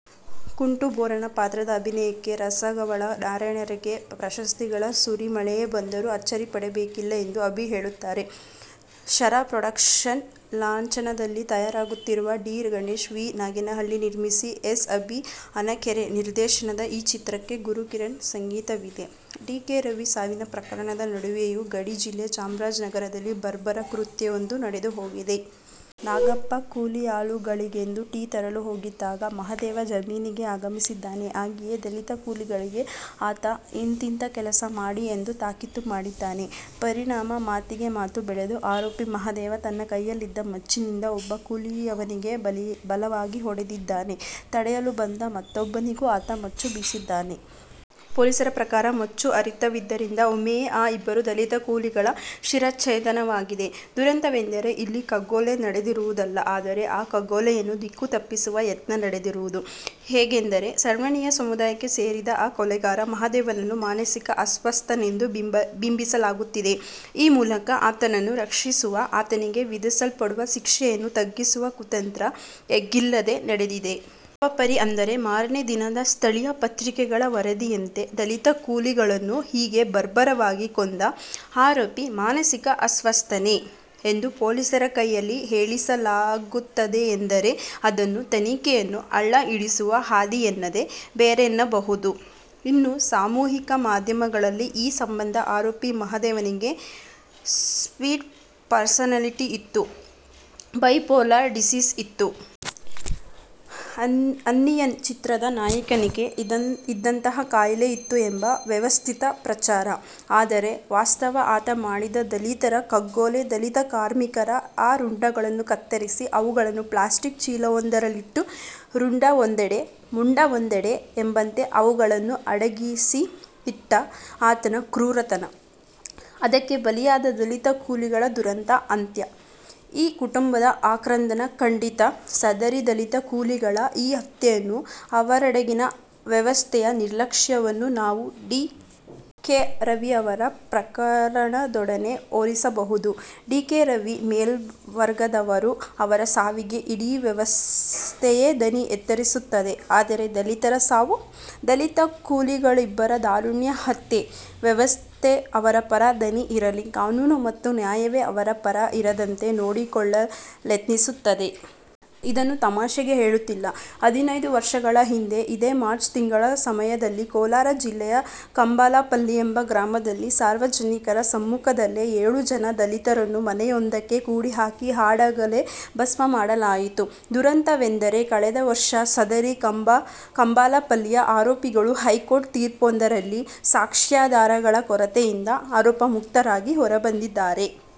ಕುಂಟು ಬೋರನ ಪಾತ್ರದ ಅಭಿನಯಕ್ಕೆ ರಸಗವಳ ನಾರಾಯಣರಿಗೆ ಪ್ರಶಸ್ತಿಗಳ ಸುರಿಮಳೆಯೇ ಬಂದರೂ ಅಚ್ಚರಿ ಪಡಬೇಕಿಲ್ಲ ಎಂದು ಅಭಿಹೇಳುತ್ತಾರೆ. ಶರ ಪ್ರೊಡಕ್ಷನ್ಸ್ ಲಾಂಛನದಲ್ಲಿ ತಯಾರಾಗುತ್ತಿರುವ ಡಿ. ಗಣೇಶ್ ವಿ ನಾಗೇನಹಳ್ಳಿ ನಿರ್ಮಿಸಿ ಎಸ್ ಅಭಿ ಹನಕೆರೆ ನಿರ್ದೇಶನದ ಈ ಚಿತ್ರಕ್ಕೆ ಗುರುಕಿರಣ್ ಸಂಗೀತವಿದೆ. ಡಿ. ಕೆ. ರವಿ ಸಾವಿನ ಪ್ರಕರಣದ ನಡುವೆಯೇ ಗಡಿ ಜಿಲ್ಲೆ ಚಾಮರಾಜನಗರದಲ್ಲಿ ಬರ್ಬರ ಕೃತ್ಯವೊಂದು ನಡೆದುಹೋಗಿದೆ. ನಾಗಪ್ಪ ಕೂಲಿಯಾಳುಗಳಿಗೆಂದು ಟೀ ತರಲು ಹೋಗಿದ್ದಾಗ ಮಹದೇವ ಜಮೀನಿಗೆ ಆಗಮಿಸಿದ್ದಾನೆ ಹಾಗೆಯೇ ದಲಿತ ಕೂಲಿಗಳಿಗೆ ಆತ ಇಂತಿಂಥ ಕೆಲಸ ಮಾಡಿ ಎಂದು ತಾಕೀತುಮಾಡಿದ್ದಾನೆ. ಪರಿಣಾಮ ಮಾತಿಗೆ ಮಾತು ಬೆಳೆದು ಆರೋಪಿ ಮಹದೇವ ತನ್ನ ಕೈಯಲ್ಲಿದ್ದ ಮಚ್ಚಿನಿಂದ ಒಬ್ಬ ಕೂಲಿಯವನಿಗೆ ಬಲವಾಗಿ ಹೊಡೆದಿದ್ದಾನೆ ತಡೆಯಲು ಬಂದ ಮತ್ತೊಬ್ಬನಿಗೂ ಆತ ಮಚ್ಚು ಬೀಸಿದ್ದಾನೆ. ಪೊಲೀಸರ ಪ್ರಕಾರ ಮಚ್ಚು ಹರಿತವಿದ್ದರಿಂದ ಒಮ್ಮೆಯೇ ಆ ಇಬ್ಬರು ದಲಿತ ಕೂಲಿಗಳ ಶಿರಚ್ಛೇಧನವಾಗಿದೆ. ದುರಂತವೆಂದರೆ ಇಲ್ಲಿ ಕಗ್ಗೊಲೆ ನಡೆದಿರುವುದಲ್ಲ, ಆದರೆ ಆ ಕಗ್ಗೊಲೆಯನ್ನು ದಿಕ್ಕುತಪ್ಪಿಸುವ ಯತ್ನ ನಡೆದಿರುವುದು. ಹೇಗೆಂದರೆ ಸವರ್ಣೀಯ ಸಮುದಾಯಕ್ಕೆ ಸೇರಿದ ಆ ಕೊಲೆಗಾರ ಮಹದೇವನನ್ನು ಮಾನಸಿಕ ಅಸ್ವಸ್ಥನೆಂದು ಬಿಂಬಿಸಲಾಗುತ್ತಿದೆ. ಆ ಮೂಲಕ ಆತನನ್ನು ರಕ್ಷಿಸುವ, ಆತನಿಗೆ ವಿಧಿಸಲ್ಪಡುವ ಶಿಕ್ಷೆಯನ್ನು ತಗ್ಗಿಸುವ ಕುತಂತ್ರ ಎಗ್ಗಿಲ್ಲದೆ ಡಿನಡೆದಿದೆ. ಯಾವ ಪರಿ ಎಂದರೆ ಮಾರನೇ ದಿನದ ಸ್ಥಳೀಯ ಪತ್ರಿಕೆಗಳ ವರದಿಯಂತೆ ದಲಿತ ಕೂಲಿಗಳನ್ನು ಹೀಗೆ ಬರ್ಬರವಾಗಿ ಕೊಂದ "ಆರೋಪಿ ಮಾನಸಿಕ ಅಸ್ವಸ್ಥನೇ? " ಎಂದು ಪೊಲೀಸರ ಕೈಯಲ್ಲಿ ಹೇಳಿಸಲಾಗುತ್ತದೆಯೆಂದರೆ ಅದನ್ನು ತನಿಖೆಯನ್ನು ಹಳ್ಳಹಿಡಿಸುವ ಹಾದಿಯೆನ್ನದೆ ಬೇರೇನೆನ್ನಬಹುದು. ಇನ್ನು ಸಮೂಹ ಮಾಧ್ಯಮಗಳಲ್ಲಿ ಈ ಸಂಬಂಧ ಆರೋಪಿ ಮಹದೇವನಿಗೆ 'ಸ್ಪ್ಲಿಟ್ ಪರ್ಸನಾಲಿಟಿ' ಇತ್ತು, 'ಬೈಪೋಲಾರ್ ಡಿಸೀಸ್' ಇತ್ತು. 'ಅನ್ನಿಯನ್' ಚಿತ್ರದ ನಾಯಕನಿಗೆ ಇದ್ದಂತಹ ಕಾಯಿಲೆ ಇತ್ತು ಎಂಬ ವ್ಯವಸ್ಥಿತ ಪ್ರಚಾರ. ಆದರೆ ವಾಸ್ತವ ಆತ ಮಾಡಿದ ದಲಿತರ ಕಗ್ಗೊಲೆ ದಲಿತ ಕಾರ್ಮಿಕರ ಆ ರುಂಡಗಳನ್ನು ಕತ್ತರಿಸಿ ಅವುಗಳನ್ನು ಪ್ಲಾಸ್ಟಿಕ್ ಚೀಲವೊಂದರಲ್ಲಿಟ್ಟು ರುಂಡವೊಂದೆಡೆ ಮುಂಡವೊಂದೆಡೆ ಎಂಬಂತೆ ಅವುಗಳನ್ನು ಅಡಗಿಸಿ ಇಟ್ಟ ಆತನ ಕ್ರೂರತನ, ಅದಕ್ಕೆ ಬಲಿಯಾದ ದಲಿತ ಕೂಲಿಗಳ ದುರಂತ ಅಂತ್ಯ, ಆ ಕುಟುಂಬಗಳ ಆಕ್ರಂಧನ ಖಂಡಿತ, ಸದರಿ ದಲಿತ ಕೂಲಿಗಳ ಈ ಹತ್ಯೆಯನ್ನು ಅವರೆಡೆಗಿನ ವ್ಯವಸ್ಥೆಯ ನಿರ್ಲಕ್ಷ್ಯವನ್ನು ನಾವು ಡಿ. ಕೆ. ರವಿಯವರ ಪ್ರಕರಣದೊಡನೆ ಹೋಲಿಸಬಹುದು. ಡಿ. ಕೆ. ರವಿ ಮೇಲ್ವರ್ಗದವರು ಅವರ ಸಾವಿಗೆ ಇಡೀ ವ್ಯವಸ್ಥೆಯೇ ದನಿ ಎತ್ತರಿಸುತ್ತದೆ. ಆದರೆ ದಲಿತರ ಸಾವು? ದಲಿತ ಕೂಲಿಗಳಿಬ್ಬರ ದಾರುಣ ಹತ್ಯೆ? ವ್ಯವಸ್ಥೆ ಅವರ ಪರ ದನಿ ಇರಲಿ, ಕಾನೂನು ಮತ್ತು ನ್ಯಾಯವೇ ಅವರ ಪರ ಇರದಂತೆ ನೋಡಿಕೊಳ್ಳಲೆತ್ನಿಸುತ್ತದೆ. ಇದನ್ನು ತಮಾಷೆಗೆ ಹೇಳುತ್ತಿಲ್ಲ. ಹದಿನೈದು ವರ್ಷಗಳ ಹಿಂದೆ ಇದೇ ಮಾರ್ಚ್ ತಿಂಗಳ ಸಮಯದಲ್ಲಿ ಕೋಲಾರ ಜಿಲ್ಲೆಯ ಕಂಬಾಲಪಲ್ಲಿ ಎಂಬ ಗ್ರಾಮದಲ್ಲಿ ಸಾರ್ವಜನಿಕರ ಸಮ್ಮುಖದಲ್ಲೇ ಏಳು ಜನ ದಲಿತರನ್ನು ಮನೆಯೊಂದಕ್ಕೆ ಕೂಡಿಹಾಕಿ ಹಾಡಹಗಲೇ ಭಸ್ಮಮಾಡಲಾಯಿತು. ದುರಂತವೆಂದರೆ ಕಳೆದ ವರ್ಷ ಸದರಿ ಕಂಬಾಲಪಲ್ಲಿಯ ಆರೋಪಿಗಳು ಹೈಕೋರ್ಟ್ ತೀರ್ಪೊಂದರಲ್ಲಿ ಸಾಕ್ಷ್ಯಾಧಾರಗಳ ಕೊರತೆಯಿಂದ ಆರೋಪಮುಕ್ತರಾಗಿ ಹೊರಬಂದಿದ್ದಾರೆ.